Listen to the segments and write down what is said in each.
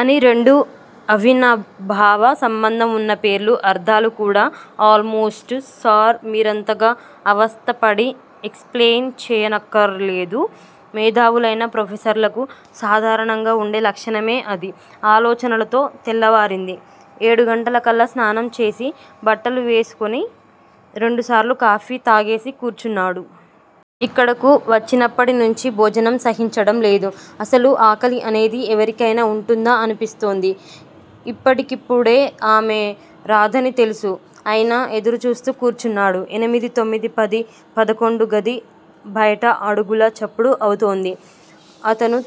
అని రెండూ అవినాభావ సంబంధం ఉన్న పేర్లు అర్థాలు కూడా ఆల్ మోస్టు సార్ మీరంతగా అవస్థ పడి ఎక్స్‌ప్లెయిన్ చెయ్యనక్కరలేదు. మేధావులైన ప్రొఫెసర్లకు సాధారణంగా ఉండే లక్షణమే అది. ఆలోచనలతో తెల్లవారింది. ఏడుగంటలకల్లా స్నానం చేసి బట్టలు వేసుకొని రెండుసార్లు కాఫీ తాగేసి కూర్చున్నాడు. ఇక్కడకు వచ్చినప్పటినుంచీ భోజనం సహించటం లేదు. అసలు ఆకలి అనేది ఎవరికైనా ఉంటుందా అనిపిస్తోంది. ఇపడికిప్పుడే ఆమె రాదని తెలుసు. అయినా ఎదురుచూస్తూ కూర్చున్నాడు. ఎనిమిది తొమ్మిది పది పదకొండు గది బయట అడుగుల చప్పుడు అవుతోంది. అతను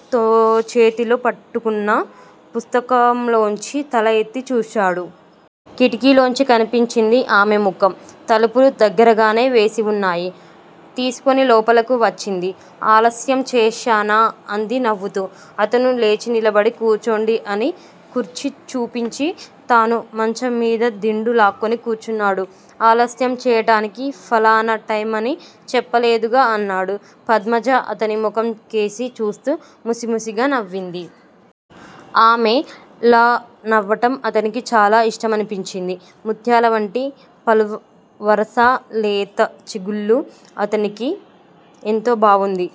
చేతిలో పట్టుకొన్న పుస్తకంలోంచి తల ఎత్తి చూశాడు. కిటికీలోంచి కనిపించింది ఆమె ముఖం. తలుపులు దగ్గరగానే వేసివున్నాయి. తీసుకుని లోపలకు వచ్చింది. ఆలస్యం చేశానా అంది నవ్వుతూ. అతను లేచి నిలబడి కూర్చోండి అని కుర్చీ చూపించి తాను మంచంమీద దిండు లాక్కుని కూర్చున్నాడు. ఆలస్యం చేయటానికి ఫలానా టైమని చెప్పలేదుగా అన్నాడు. పద్మజ అతని ముఖంకేసి చూస్తూ ముసిముసిగా నవ్వింది. ఆమె లా నవ్వటం అతనికి చాలా ఇష్టమనిపించింది. ముత్యాలవంటి పలువరసా లేత చిగుళ్ళూ అతనికి ఎంతో బావుంది.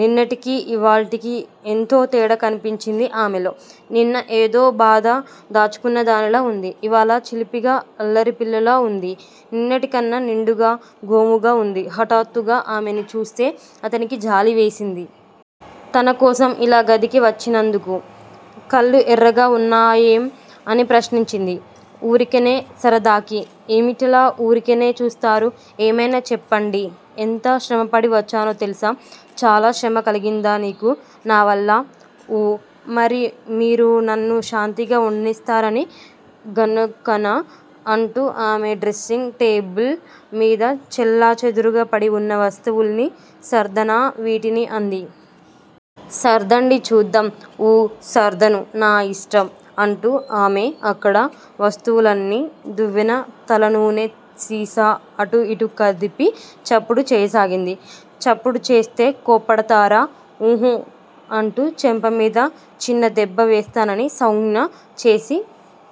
నిన్నటికీ ఇవాల్టికీ ఎంతో తేడా కనిపించింది ఆమెలో. నిన్న ఏదో బాధ దాచుకున్నదానిలా ఉంది. ఇవాళ చిలిపిగా అల్లరిపిల్లలా ఉంది. నిన్నటికన్నా నిండుగా గోముగా ఉంది. హఠాత్తుగా ఆమెని చూస్తే అతనికి జాలివేసింది. తనకోసం ఇలా గదికి వచ్చినందుకు. కళ్ళు ఎర్రగా ఉన్నాయేం? అని ప్రశ్నించింది. ఊరికినే సరదాకి. ఏమిటలా ఊరికినే చూస్తారు? ఏమైనా చెప్పండి. ఎంత శ్రమపడి వచ్చానో తెలుసా? చాలా శ్రమ కలిగిందా నీకు నావల్ల? ఊ. మరి మీరు నన్ను శాంతిగా ఉండనిస్తారని గనుకనా అంటూ ఆమె డ్రెస్సింగ్ టేబిల్ మీద చెల్లాచెదురుగా పడివున్న వస్తువుల్ని సర్దనా వీటిని అంది. సర్దండి చూద్దాం. ఊఁ సర్దను. నా ఇష్టం! అంటూ ఆమె అక్కడ వస్తువులన్నీ దువ్వెన తలనూనె సీసా అటూ ఇటూ కదిపి చప్పుడు చెయ్యసాగింది. చప్పుడు చేస్తే కోప్పడతారా? ఉహుఁ అంటూ చెంపమీద చిన్నదెబ్బ వేస్తానని సౌంజ్ఞ చేసి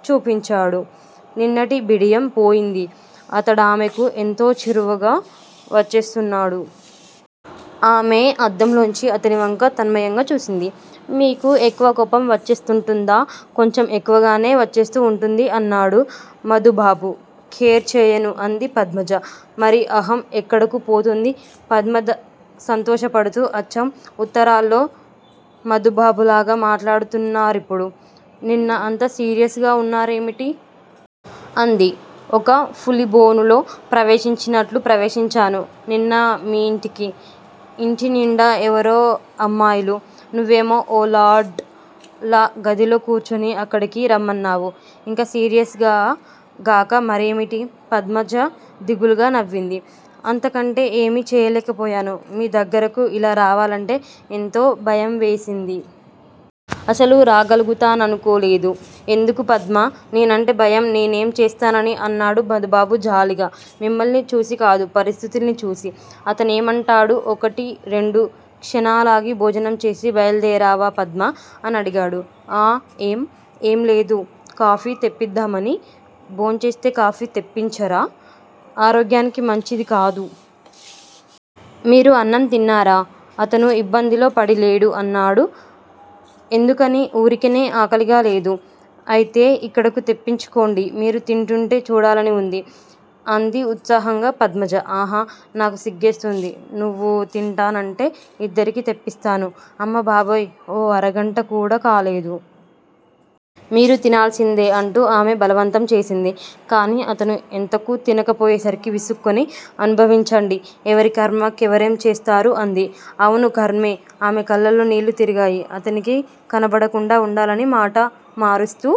చూపించాడు. నిన్నటి బిడియం పోయింది. అతడామెకు ఎంతో చేరువగా వచ్చేస్తున్నాడు. ఆమె అద్దంలోంచి అతనివంక తన్మయంగా చూసింది. మీకు ఎక్కువ కోపం వచ్చేస్తూంటుందా? కొంచెం ఎక్కువగానే వచ్చేస్తూ వుంటుంది. అన్నాడు మధుబాబు. కేర్ చెయ్యను అంది పద్మజ. మరి అహం ఎక్కడకు పోతుంది? పద్మజ సంతోషపడుతూ అచ్చం ఉత్తరాల్లో మధుబాబులాగా మాట్లాడుతున్నారిప్పుడు. నిన్న అంత సీరియస్‌గా వున్నారేమిటి? అంది. ఒక పులిబోనులో ప్రవేశించినట్లు ప్రవేశించాను నిన్న మీయింటికి. యింటినిండా ఎవరో అమ్మాయిలు! నువ్వేమో ఓ లార్డ్ లా గదిలో కూర్చుని అక్కడికి రమ్మన్నావు. ఇంక సీరియస్‌గా గాక మరేమిటి? పద్మజ దిగులుగా నవ్వింది. అంతకంటే ఏమీ చేయలేకపోయాను. మీ దగ్గరకు ఇలా రావాలంటే ఎంతో భయంవేసింది. అసలు రాగలుగుతాననుకోలేదు. ఎందుకు పద్మా నేనంటే భయం నేనేం చేస్తానని అన్నాడు మధుబాబు జాలిగా. మిమ్మల్ని చూసికాదు పరిస్థితుల్ని చూసి. అతనేమంటాడు ఒకటి రెండు క్షణాలాగి భోజనం చేసి బయల్దేరావా పద్మా? అనడిగాడు. ఆఁ ఏం? ఏంలేదు. కాఫీ తెప్పిద్దామని. భోంచేస్తే కాఫీ తెప్పించరా? ఆరోగ్యానికి మంచిది కాదు. మీరు అన్నం తిన్నారా? అతను ఇబ్బందిలో పడి లేడు అన్నాడు. ఎందుకనీ? ఊరికినే ఆకలిగా లేదు. అయితే ఇక్కడకు తెప్పించుకోండి. మీరు తింటూంటే చూడాలనివుంది. అంది ఉత్సాహంగా పద్మజ. అహఁ నాకు సిగ్గేస్తుంది. నువ్వు తింటానంటే ఇద్దరికీ తెప్పిస్తాను. అమ్మ బాబోయ్! ఓ అరగంటకూడా కాలేదు. మీరు తినాల్సిందే అంటూ ఆమె బలవంతంచేసింది. కాని అతను ఎంతకూ తినకపోయేసరికి విసుక్కుని అనుభవించండి. ఎవరి ఖర్మకెవరేం చేస్తారు అంది. అవును ఖర్మే. ఆమె కళ్ళలో నీళ్ళు తిరిగాయి. అతనికి కనబడకుండా ఉండాలని మాట మారుస్తూ